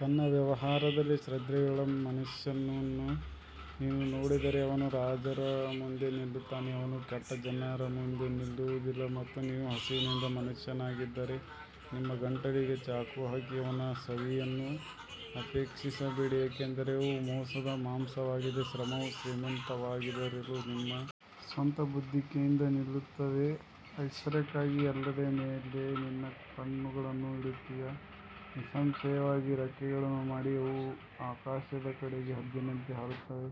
ತನ್ನ ವ್ಯವಹಾರದಲ್ಲಿ ಶ್ರದ್ಧೆಯುಳ್ಳ ಮನುಷ್ಯನನ್ನು ನೀನು ನೋಡಿದರೆ ಅವನು ರಾಜರ ಮುಂದೆ ನಿಲ್ಲುತ್ತಾನೆ, ಅವನು ಕೆಟ್ಟ ಜನರ ಮುಂದೆ ನಿಲ್ಲುವುದಿಲ್ಲ ಮತ್ತು ನೀವು ಹಸಿವಿನಿಂದ ಮನುಷ್ಯನಾಗಿದ್ದರೆ ನಿಮ್ಮ ಗಂಟಲಿಗೆ ಚಾಕು ಹಾಕಿ ಅವನ ಸವಿಯನ್ನು ಅಪೇಕ್ಷಿಸಬೇಡಿ ಏಕೆಂದರೆ ಅವು ಮೋಸದ ಮಾಂಸವಾಗಿದೆ ಶ್ರಮವು ಶ್ರೀಮಂತವಾಗದಿರಲು ನಿಮ್ಮ ಸ್ವಂತ ಬುದ್ಧಿವಂತಿಕೆಯಿಂದ ನಿಲ್ಲುತ್ತದೆ ಐಶ್ವರ್ಯಕ್ಕಾಗಿ ಅಲ್ಲದ ಮೇಲೆ ನಿನ್ನ ಕಣ್ಣುಗಳನ್ನು ಇಡುತ್ತೀಯಾ ನಿಸ್ಸಂಶಯವಾಗಿ ರೆಕ್ಕೆಗಳನ್ನು ಮಾಡಿ ಅವು ಆಕಾಶದ ಕಡೆಗೆ ಹದ್ದಿನಂತೆ ಹಾರುತ್ತವೆ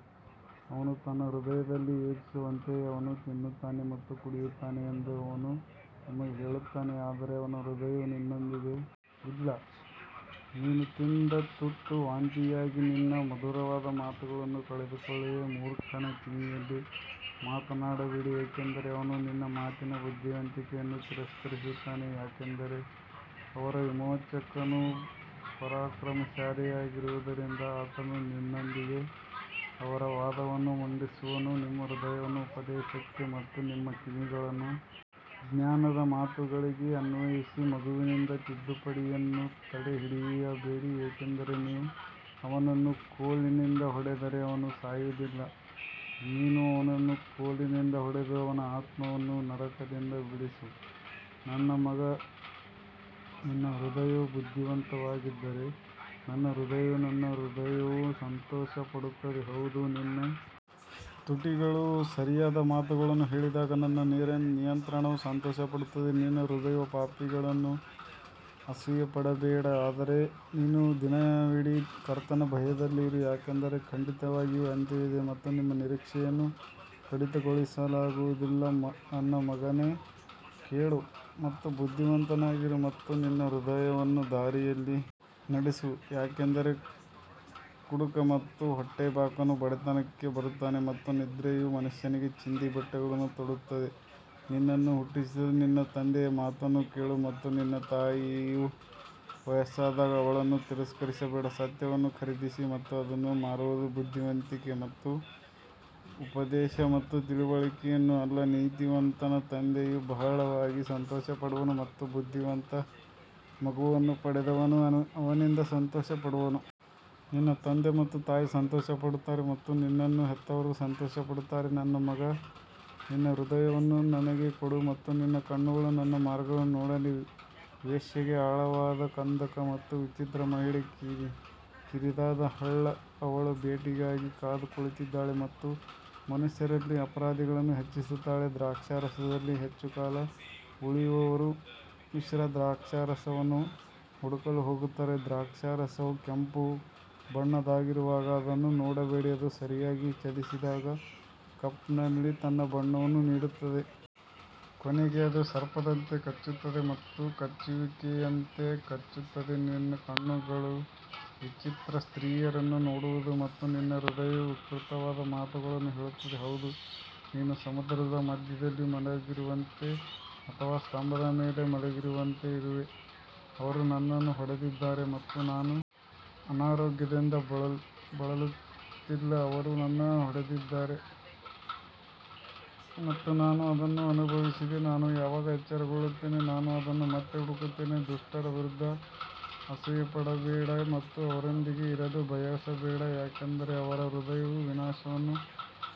ಅವನು ತನ್ನ ಹೃದಯದಲ್ಲಿ ಯೋಚಿಸುವಂತೆಯೇ ಅವನು ತಿನ್ನುತ್ತಾನೆ ಮತ್ತು ಕುಡಿಯುತ್ತಾನೆ ಎಂದು ಅವನು ನಿಮಗೆ ಹೇಳುತ್ತಾನೆ ಆದರೆ ಅವನ ಹೃದಯವು ನಿನ್ನೊಂದಿಗೆ ಇಲ್ಲ ನೀನು ತಿಂದ ತುತ್ತು ವಾಂತಿಯಾಗಿ ನಿನ್ನ ಮಧುರವಾದ ಮಾತುಗಳನ್ನು ಕಳೆದುಕೊಳ್ಳುವೆ ಮೂರ್ಖನ ಕಿವಿಯಲ್ಲಿ ಮಾತನಾಡಬೇಡಿ ಏಕೆಂದರೆ ಅವನು ನಿನ್ನ ಮಾತಿನ ಬುದ್ಧಿವಂತಿಕೆಯನ್ನು ತಿರಸ್ಕರಿಸುತ್ತಾನೆ ಯಾಕಂದರೆ ಅವರ ವಿಮೋಚಕನು ಪರಾಕ್ರಮಶಾಲಿಯಾಗಿರುವುದರಿಂದ ಆತನು ನಿನ್ನೊಂದಿಗೆ ಅವರ ವಾದವನ್ನು ಮಂಡಿಸುವನು ನಿಮ್ಮ ಹೃದಯವನ್ನು ಉಪದೇಶಕ್ಕೆ ಮತ್ತು ನಿಮ್ಮ ಕಿವಿಗಳನ್ನು ಜ್ಞಾನದ ಮಾತುಗಳಿಗೆ ಅನ್ವಯಿಸಿ ಮಗುವಿನಿಂದ ತಿದ್ದುಪಡಿಯನ್ನು ತಡೆಹಿಡಿಯಬೇಡಿ ಏಕೆಂದರೆ ನೀವು ಅವನನ್ನು ಕೋಲಿನಿಂದ ಹೊಡೆದರೆ ಅವನು ಸಾಯುವುದಿಲ್ಲ ನೀನು ಅವನನ್ನು ಕೋಲಿನಿಂದ ಹೊಡೆದು ಅವನ ಆತ್ಮವನ್ನು ನರಕದಿಂದ ಬಿಡಿಸು ನನ್ನ ಮಗ ನಿನ್ನ ಹೃದಯವು ಬುದ್ಧಿವಂತವಾಗಿದ್ದರೆ ನನ್ನ ಹೃದಯವು ನನ್ನ ಹೃದಯವೂ ಸಂತೋಷಪಡುತ್ತದೆ ಹೌದು ನಿನ್ನ ತುಟಿಗಳು ಸರಿಯಾದ ಮಾತುಗಳನ್ನು ಹೇಳಿದಾಗ ನನ್ನ ನಿಯಂತ್ರಣವು ಸಂತೋಷಪಡುತ್ತದೆ ನಿನ್ನ ಹೃದಯವು ಪಾಪಿಗಳನ್ನು ಅಸೂಯೆಪಡಬೇಡ, ಆದರೆ ನೀನು ದಿನವಿಡೀ ಕರ್ತನ ಭಯದಲ್ಲಿ ಇರು ಯಾಕಂದರೆ ಖಂಡಿತವಾಗಿಯೂ ಅಂತ್ಯವಿದೆ ಮತ್ತು ನಿಮ್ಮ ನಿರೀಕ್ಷೆಯನ್ನು ಕಡಿತಗೊಳಿಸಲಾಗುವುದಿಲ್ಲ ನನ್ನ ಮಗನೇ ಕೇಳು ಮತ್ತು ಬುದ್ಧಿವಂತನಾಗಿರು ಮತ್ತು ನಿನ್ನ ಹೃದಯವನ್ನು ದಾರಿಯಲ್ಲಿ ನಡೆಸು ಯಾಕಂದರೆ ಕುಡುಕ ಮತ್ತು ಹೊಟ್ಟೆಬಾಕನು ಬಡತನಕ್ಕೆ ಬರುತ್ತಾನೆ ಮತ್ತು ನಿದ್ರೆಯು ಮನುಷ್ಯನಿಗೆ ಚಿಂದಿ ಬಟ್ಟೆಗಳನ್ನು ತೊಡುತ್ತದೆ ನಿನ್ನನ್ನು ಹುಟ್ಟಿಸಿದ ನಿನ್ನ ತಂದೆಯ ಮಾತನ್ನು ಕೇಳು ಮತ್ತು ನಿನ್ನ ತಾಯಿಯು ವಯಸ್ಸಾದಾಗ ಅವಳನ್ನು ತಿರಸ್ಕರಿಸಬೇಡ ಸತ್ಯವನ್ನು ಖರೀದಿಸಿ ಮತ್ತು ಅದನ್ನು ಮಾರುವುದು ಬುದ್ಧಿವಂತಿಕೆ ಮತ್ತು ಉಪದೇಶ ಮತ್ತು ತಿಳುವಳಿಕೆಯನ್ನು ಅಲ್ಲ ನೀತಿವಂತನ ತಂದೆಯು ಬಹಳವಾಗಿ ಸಂತೋಷಪಡುವನು ಮತ್ತು ಬುದ್ಧಿವಂತ ಮಗುವನ್ನು ಪಡೆದವನು ಅವನಿಂದ ಸಂತೋಷಪಡುವನು. ನಿನ್ನ ತಂದೆ ಮತ್ತು ತಾಯಿ ಸಂತೋಷಪಡುತ್ತಾರೆ ಮತ್ತು ನಿನ್ನನ್ನು ಹೆತ್ತವರು ಸಂತೋಷಪಡುತ್ತಾರೆ ನನ್ನ ಮಗ ನಿನ್ನ ಹೃದಯವನ್ನು ನನಗೆ ಕೊಡು ಮತ್ತು ನಿನ್ನ ಕಣ್ಣುಗಳು ನನ್ನ ಮಾರ್ಗಗಳನ್ನು ನೋಡಲಿ ವೇಶ್ಯೆಗೆ ಆಳವಾದ ಕಂದಕ ಮತ್ತು ವಿಚಿತ್ರ ಮಹಿಳೆ ಕಿರಿದಾದ ಹಳ್ಳ ಅವಳು ಬೇಟೆಗಾಗಿ ಕಾದು ಕುಳಿತಿದ್ದಾಳೆ ಮತ್ತು ಮನುಷ್ಯರಲ್ಲಿ ಅಪರಾಧಿಗಳನ್ನು ಹೆಚ್ಚಿಸುತ್ತಾಳೆ ದ್ರಾಕ್ಷಾರಸದಲ್ಲಿ ಹೆಚ್ಚು ಕಾಲ ಉಳಿಯುವವರು ಮಿಶ್ರ ದ್ರಾಕ್ಷಾರಸವನ್ನು ಹುಡುಕಲು ಹೋಗುತ್ತಾರೆ ದ್ರಾಕ್ಷಾರಸವು ಕೆಂಪು ಬಣ್ಣದ್ದಾಗಿರುವಾಗ ಅದನ್ನು ನೋಡಬೇಡಿ, ಅದು ಸರಿಯಾಗಿ ಚಲಿಸಿದಾಗ ಕಪ್ನಲ್ಲಿ ತನ್ನ ಬಣ್ಣವನ್ನು ನೀಡುತ್ತದೆ. ಕೊನೆಗೆ ಅದು ಸರ್ಪದಂತೆ ಕಚ್ಚುತ್ತದೆ ಮತ್ತು ಕಚ್ಚುವಿಕೆಯಂತೆ ಕಚ್ಚುತ್ತದೆ ನಿನ್ನ ಕಣ್ಣುಗಳು ವಿಚಿತ್ರ ಸ್ತ್ರೀಯರನ್ನು ನೋಡುವವು ಮತ್ತು ನಿನ್ನ ಹೃದಯವು ವಿಕೃತವಾದ ಮಾತುಗಳನ್ನು ಹೇಳುತ್ತದೆ ಹೌದು ನೀನು ಸಮುದ್ರದ ಮಧ್ಯದಲ್ಲಿ ಮಲಗಿರುವವನಂತೆ ಅಥವಾ ಸ್ತಂಭದ ಮೇಲೆ ಮಲಗಿರುವವನಂತೆ ಇರುವೆ ಅವರು ನನ್ನನ್ನು ಹೊಡೆದಿದ್ದಾರೆ ಮತ್ತು ನಾನು ಅನಾರೋಗ್ಯದಿಂದ ಬಳಲುತ್ತಿಲ್ಲ, ಅವರು ನನ್ನನ್ನು ಹೊಡೆದಿದ್ದಾರೆ ಮತ್ತು ನಾನು ಅದನ್ನು ಅನುಭವಿಸಿದೆ ನಾನು ಯಾವಾಗ ಎಚ್ಚರಗೊಳ್ಳುತ್ತೇನೆ ನಾನು ಅದನ್ನು ಮತ್ತೆ ಹುಡುಕುತ್ತೇನೆ ದುಷ್ಟರ ವಿರುದ್ಧ ಅಸೂಯೆಪಡಬೇಡ ಮತ್ತು ಅವರೊಂದಿಗೆ ಇರಲು ಬಯಸಬೇಡ ಯಾಕಂದರೆ ಅವರ ಹೃದಯವು ವಿನಾಶವನ್ನು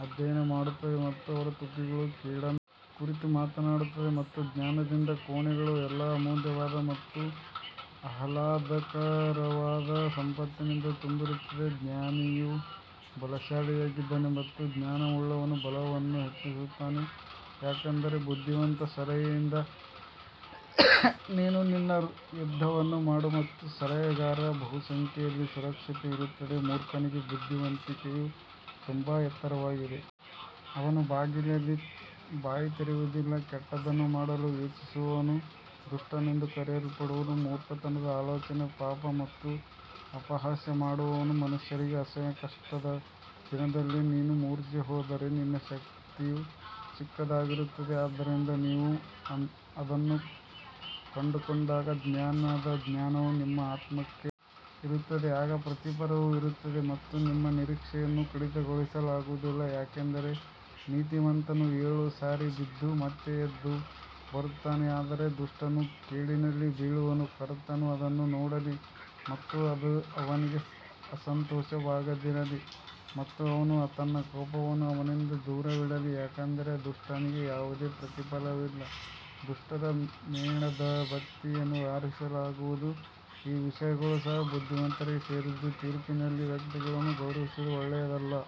ಅಧ್ಯಯನ ಮಾಡುತ್ತದೆ ಮತ್ತು ಅವರ ತುಟಿಗಳು ಕೇಡನ್ನು ಕುರಿತು ಮಾತನಾಡುತ್ತವೆ ಮತ್ತು ಜ್ಞಾನದಿಂದ ಕೋಣೆಗಳು ಎಲ್ಲಾ ಅಮೂಲ್ಯವಾದ ಮತ್ತು ಆಹ್ಲಾದಕರವಾದ ಸಂಪತ್ತಿನಿಂದ ತುಂಬಿರುತ್ತವೆ ಜ್ಞಾನಿಯು ಬಲಶಾಲಿಯಾಗಿದ್ದಾನೆ ಮತ್ತು ಜ್ಞಾನವುಳ್ಳವನು ಬಲವನ್ನು ಹೆಚ್ಚಿಸುತ್ತಾನೆ ಯಾಕಂದರೆ ಬುದ್ಧಿವಂತ ಸಲಹೆಯಿಂದ ನೀನು ನಿನ್ನ ಯುದ್ಧವನ್ನು ಮಾಡು ಮತ್ತು ಸಲಹೆಗಾರರ ಬಹುಸಂಖ್ಯೆಯಲ್ಲಿ ಸುರಕ್ಷತೆ ಇರುತ್ತದೆ ಮೂರ್ಖನಿಗೆ ಬುದ್ಧಿವಂತಿಕೆಯು ತುಂಬಾ ಎತ್ತರವಾಗಿದೆ, ಅವನು ಬಾಗಿಲಲ್ಲಿ ಬಾಯಿ ತೆರೆಯುವುದಿಲ್ಲ ಕೆಟ್ಟದ್ದನ್ನು ಮಾಡಲು ಯೋಚಿಸುವವನು ದುಷ್ಟನೆಂದು ಕರೆಯಲ್ಪಡುವನು ಮೂರ್ಖತನದ ಆಲೋಚನೆ ಪಾಪ ಮತ್ತು ಅಪಹಾಸ್ಯ ಮಾಡುವವನು ಮನುಷ್ಯರಿಗೆ ಅಸಹ್ಯ ಕಷ್ಟದ ದಿನದಲ್ಲಿ ನೀನು ಮೂರ್ಛೆ ಹೋದರೆ ನಿನ್ನ ಶಕ್ತಿಯು ಚಿಕ್ಕದಾಗಿರುತ್ತದೆ ಆದ್ದರಿಂದ ನೀವು ಅದನ್ನು ಕಂಡುಕೊಂಡಾಗ ಜ್ಞಾನದ ಜ್ಞಾನವು ನಿಮ್ಮ ಆತ್ಮಕ್ಕೆ ಇರುತ್ತದೆ, ಆಗ ಪ್ರತಿಫಲವು ಇರುತ್ತದೆ ಮತ್ತು ನಿಮ್ಮ ನಿರೀಕ್ಷೆಯನ್ನು ಕಡಿತಗೊಳಿಸಲಾಗುವುದಿಲ್ಲ ಯಾಕಂದರೆ ನೀತಿವಂತನು ಏಳು ಸಾರಿ ಬಿದ್ದು ಮತ್ತೆ ಎದ್ದು ಬರುತ್ತಾನೆ ಆದರೆ ದುಷ್ಟನು ಕೇಡಿನಲ್ಲಿ ಬೀಳುವನು ಕರ್ತನು ಅದನ್ನು ನೋಡಲಿ ಮತ್ತು ಅದು ಅವನಿಗೆ ಅಸಂತೋಷವಾಗದಿರಲಿ ಮತ್ತು ಅವನು ತನ್ನ ಕೋಪವನ್ನು ಅವನಿಂದ ದೂರವಿಡಲಿ ಯಾಕಂದರೆ ದುಷ್ಟನಿಗೆ ಯಾವುದೇ ಪ್ರತಿಫಲವಿಲ್ಲ ದುಷ್ಟರ ಮೇಣದಬತ್ತಿಯನ್ನು ಆರಿಸಲಾಗುವುದು ಈ ವಿಷಯಗಳು ಸಹ ಬುದ್ಧಿವಂತರಿಗೆ ಸೇರಿದ್ದು ತೀರ್ಪಿನಲ್ಲಿ ವ್ಯಕ್ತಿಗಳನ್ನು ಗೌರವಿಸುವುದು ಒಳ್ಳೆಯದಲ್ಲ.